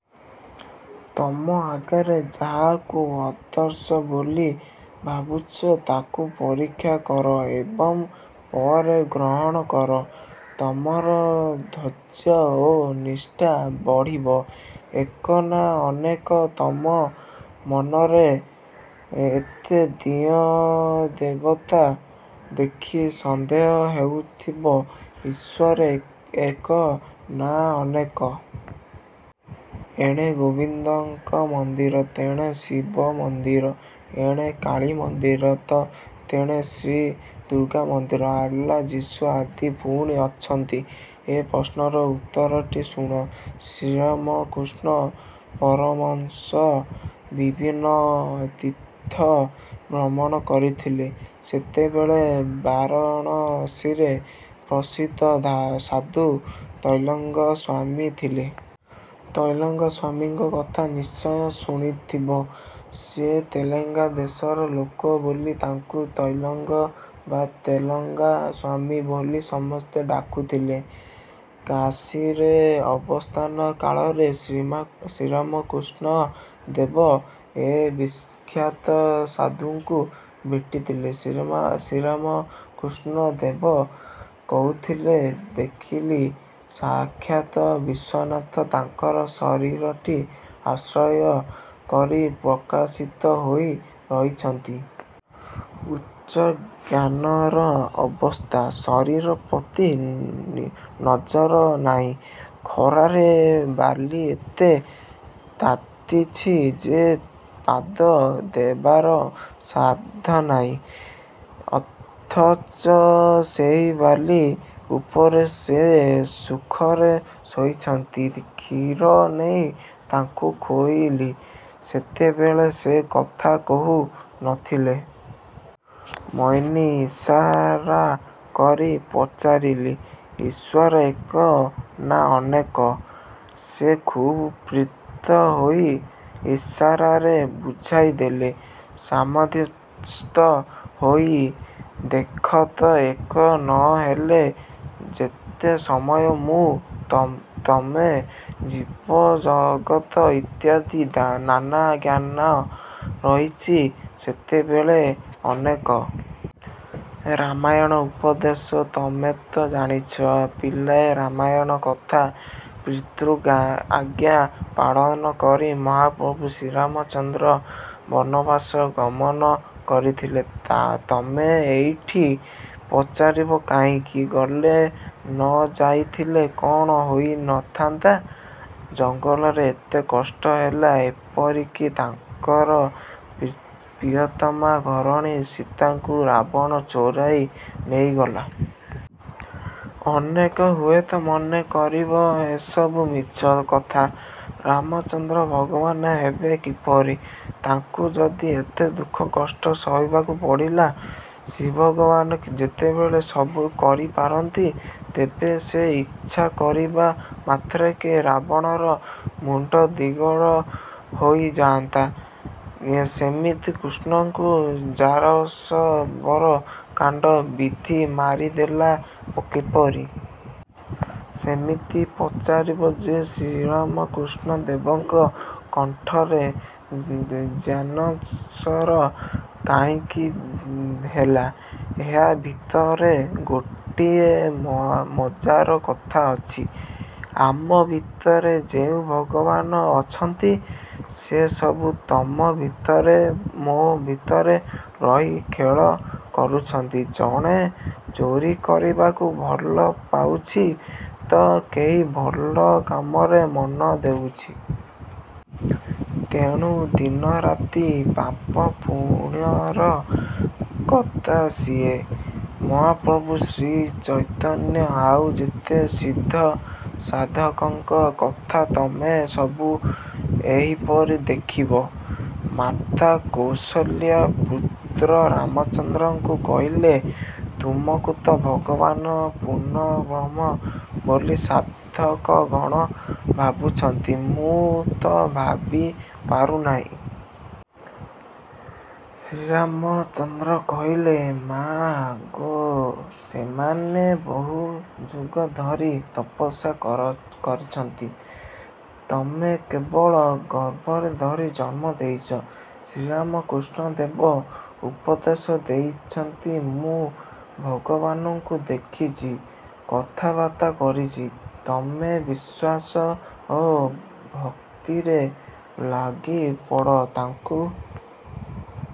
ତମ ଆଗରେ ଯାହାକୁ ଆଦର୍ଶ ବୋଲି ଭାବୁଛ ତାକୁ ପରୀକ୍ଷା କର ଏବଂ ପରେ ଗ୍ରହଣ କର। ତମର ଧୈର୍ଯ୍ୟ ଓ ନିଷ୍ଠା ବଢ଼ିବ। ଏକ ନା ଅନେକ? ତମ ମନରେ ଏତେ ଦିଅଁ ଦେବତା ଦେଖି ସନ୍ଦେହ ହେଉଥିବ ଈଶ୍ୱର ଏକ ନା ଅନେକ-। ଏଣେ ଗୋବିନ୍ଦଙ୍କ ମନ୍ଦିର ତେଣେ ଶିବମନ୍ଦିର, ଏଣେ କାଳୀମନ୍ଦିର ତ ତେଣେ ଶ୍ରୀ ଦୁର୍ଗାମନ୍ଦିର-। ଆଲ୍ଲା, ଯୀଶୁ ଆଦି ପୁଣି ଅଛନ୍ତି। ଏ ପ୍ରଶ୍ନର ଉତ୍ତରଟି ଶୁଣ। ଶ୍ରୀରାମକୃଷ୍ଣ ପରମହଂସ ବିଭିନ୍ନ ତୀର୍ଥ ଭ୍ରମଣ କରିଥିଲେ। ସେତେବେଳେ ବାରାଣସୀରେ ପ୍ରସିଦ୍ଧ ସାଧୁ ତ୍ରୈଲଙ୍ଗ ସ୍ୱାମୀ ଥିଲେ। ତ୍ରୈଲଙ୍ଗ ସ୍ୱାମୀଙ୍କ କଥା ନିଶ୍ଚୟ ଶୁଣିଥିବ। ସେ ତେଲଙ୍ଗା ଦେଶର ଲୋକ ବୋଲି ତାଙ୍କୁ ତ୍ରୈଲଙ୍ଗ ବା ତେଲଙ୍ଗା ସ୍ୱାମୀ ବୋଲି ସମସ୍ତେ ଡାକୁଥିଲେ। କାଶୀରେ ଅବସ୍ଥାନ କାଳରେ ଶ୍ରୀରାମକୃଷ୍ଣ ଦେବ ଏ ବିଖ୍ୟାତ ସାଧୁଙ୍କୁ ଭେଟିଥିଲେ। ଶ୍ରୀରାମକୃଷ୍ଣ ଦେବ କହୁଥିଲେ-ଦେଖିଲି, ସାକ୍ଷାତ ବିଶ୍ୱନାଥ ତାଙ୍କର ଶରୀରଟି ଆଶ୍ରୟ କରି ପ୍ରକାଶିତ ହୋଇ ରହିଛନ୍ତି। ଉଚ୍ଚ ଜ୍ଞାନର ଅବସ୍ଥା। ଶରୀର ପ୍ରତି ନଜର ନାହିଁ। ଖରାରେ ବାଲି ଏତେ ତାତିଛି ଯେ ପାଦ ଦେବାର ସାଧ୍ୟ ନାହିଁ, ଅଥଚ ସେହି ବାଲି ଉପରେ ସେ ସୁଖରେ ଶୋଇଛନ୍ତି। କ୍ଷିରି ନେଇ ତାଙ୍କୁ ଖୋଇଲି। ସେତେବେଳେ ସେ କଥା କହୁ ନ ଥିଲେ। ମୌନୀ। ଇଶାରା କରି ପଚାରିଲି, ''ଈଶ୍ୱର ଏକ ନା ଅନେକ? '' ସେ ଖୁବ୍ ପ୍ରୀତ ହୋଇ ଇଶାରାରେ ବୁଝାଇ ଦେଲେ, 'ସମାଧିସ୍ଥ ହୋଇ ଦେଖ ତ ଏକ, ନ ହେଲେ ଯେତେ ସମୟ ମୁଁ, ତମେ, ଜୀବଜଗତ ଇତ୍ୟାଦି ନାନା ଜ୍ଞାନ ରହିଛି, ସେତେବେଳେ ଅନେକ। ' ରାମାୟଣର ଉପଦେଶ ତମେତ ଜାଣିଛ ପିଲାଏ ରାମାୟଣ କଥା। ପିତୃଆଜ୍ଞା ପାଳନ କରି ମହାପ୍ରଭୁ ଶ୍ରୀରାମଚନ୍ଦ୍ର ବନବାସ ଗମନ କରିଥିଲେ। ତମେ ଏଇଠି ପଚାରିବ କାହିଁକି ଗଲେ? ନ ଯାଇଥିଲେ କ'ଣ ହୋଇ ନ ଥିନ୍ତା? ଜଙ୍ଗଲରେ ଏତେ କଷ୍ଟ ହେଲା ଏପରିକି ତାଙ୍କର ପ୍ରିୟତମା ଘରଣୀ ସୀତାଙ୍କୁ ରାବଣ ଚୋରାଇ ନେଇଗଲା। ଅନେକେ ହୁଏତ ମନେ କରିବ ଏସବୁ ମିଛ କଥା-। ରାମଚନ୍ଦ୍ର ଭଗବାନ ହେବେ କିପରି? ତାଙ୍କୁ ଯଦି ଏତେ ଦୁଃଖ-କଷ୍ଟ ସହିବାକୁ ପଡ଼ିଲା। ଶ୍ରୀଭଗବାନ ଯେତେବେଳେ ସବୁ କରିପାରନ୍ତି, ତେବେ ସେ ଇଚ୍ଛା କରିବା ମାତ୍ରକେ ରାବଣର ମୁଣ୍ତ ଦିଗଡ଼ ହୋଇଯାନ୍ତା। ସେମିତି କୃଷ୍ଣଙ୍କୁ ଜାରାଶବର କାଣ୍ତ ବିନ୍ଧି ମାରିଦେଲା କିପରି? ସେମିତି ପଚାରିବ ଯେ ଶ୍ରୀରାମକୃଷ୍ଣ ଦେବଙ୍କ କଣ୍ଠରେ କ୍ୟାନ୍ସର କାହିଁକି ହେଲା। ଏହା ଭିତରେ ଗୋଟିଏ ମଜାର କଥା ଅଛି। ଆମ ଭିତରେ ଯେଉଁ ଭଗବାନ ଅଛନ୍ତି ସେ ସବୁ ତମ ଭିତରେ, ମୋ ଭିତରେ ରହି ଖେଳ କରୁଛନ୍ତି। ଜଣେ ଚୋରୀ କରିବାକୁ ଭଲ ପାଉଛି ତ କେହି ଭଲ କାମରେ ମନ ଦେଉଛି। ତେଣୁ ଦିନରାତି ପାପ-ପୁଣ୍ୟର କର୍ତ୍ତା ସିଏ। ମହାପ୍ରଭୁ ଶ୍ରୀ ଚୈତନ୍ୟ ଆଉ ଯେତେ ସିଦ୍ଧ ସାଧକଙ୍କ କଥା ତମେ ସବୁ ଏହିପରି ଦେଖିବ। ମାତା କୌଶଲ୍ୟା ପୁତ୍ର ରାମଚନ୍ଦ୍ରଙ୍କୁ କହିଲେ, ତମକୁ ତ ଭଗବାନ ପୂର୍ଣ୍ଣବ୍ରହ୍ମ ବୋଲି ସାଧକଗଣ ଭାବୁଛନ୍ତି, ମୁଁ ତ ଭାବି ପାରୁନାହିଁ। ଶ୍ରୀରାମଚନ୍ଦ୍ର କହିଲେ-ମା' ଗୋ ସେମାନେ ବହୁ ଯୁଗ ଧରି ତପସ୍ୟା କରିଛନ୍ତି ତମେ କେବଳ ଗର୍ଭରେ ଧରି ଜନ୍ମ ଦେଇଛ। ଶ୍ରୀରାମକୃଷ୍ଣ ଦେବ ଉପଦେଶ ଦେଇଛନ୍ତି-ମୁଁ ଭଗବାନଙ୍କୁ ଦେଖିଛି। କଥାବାର୍ତ୍ତା କରିଛି-। ତମେ ବିଶ୍ୱାସ ଓ ଭକ୍ତିରେ ଲାଗିପଡ଼ ତାଙ୍କୁ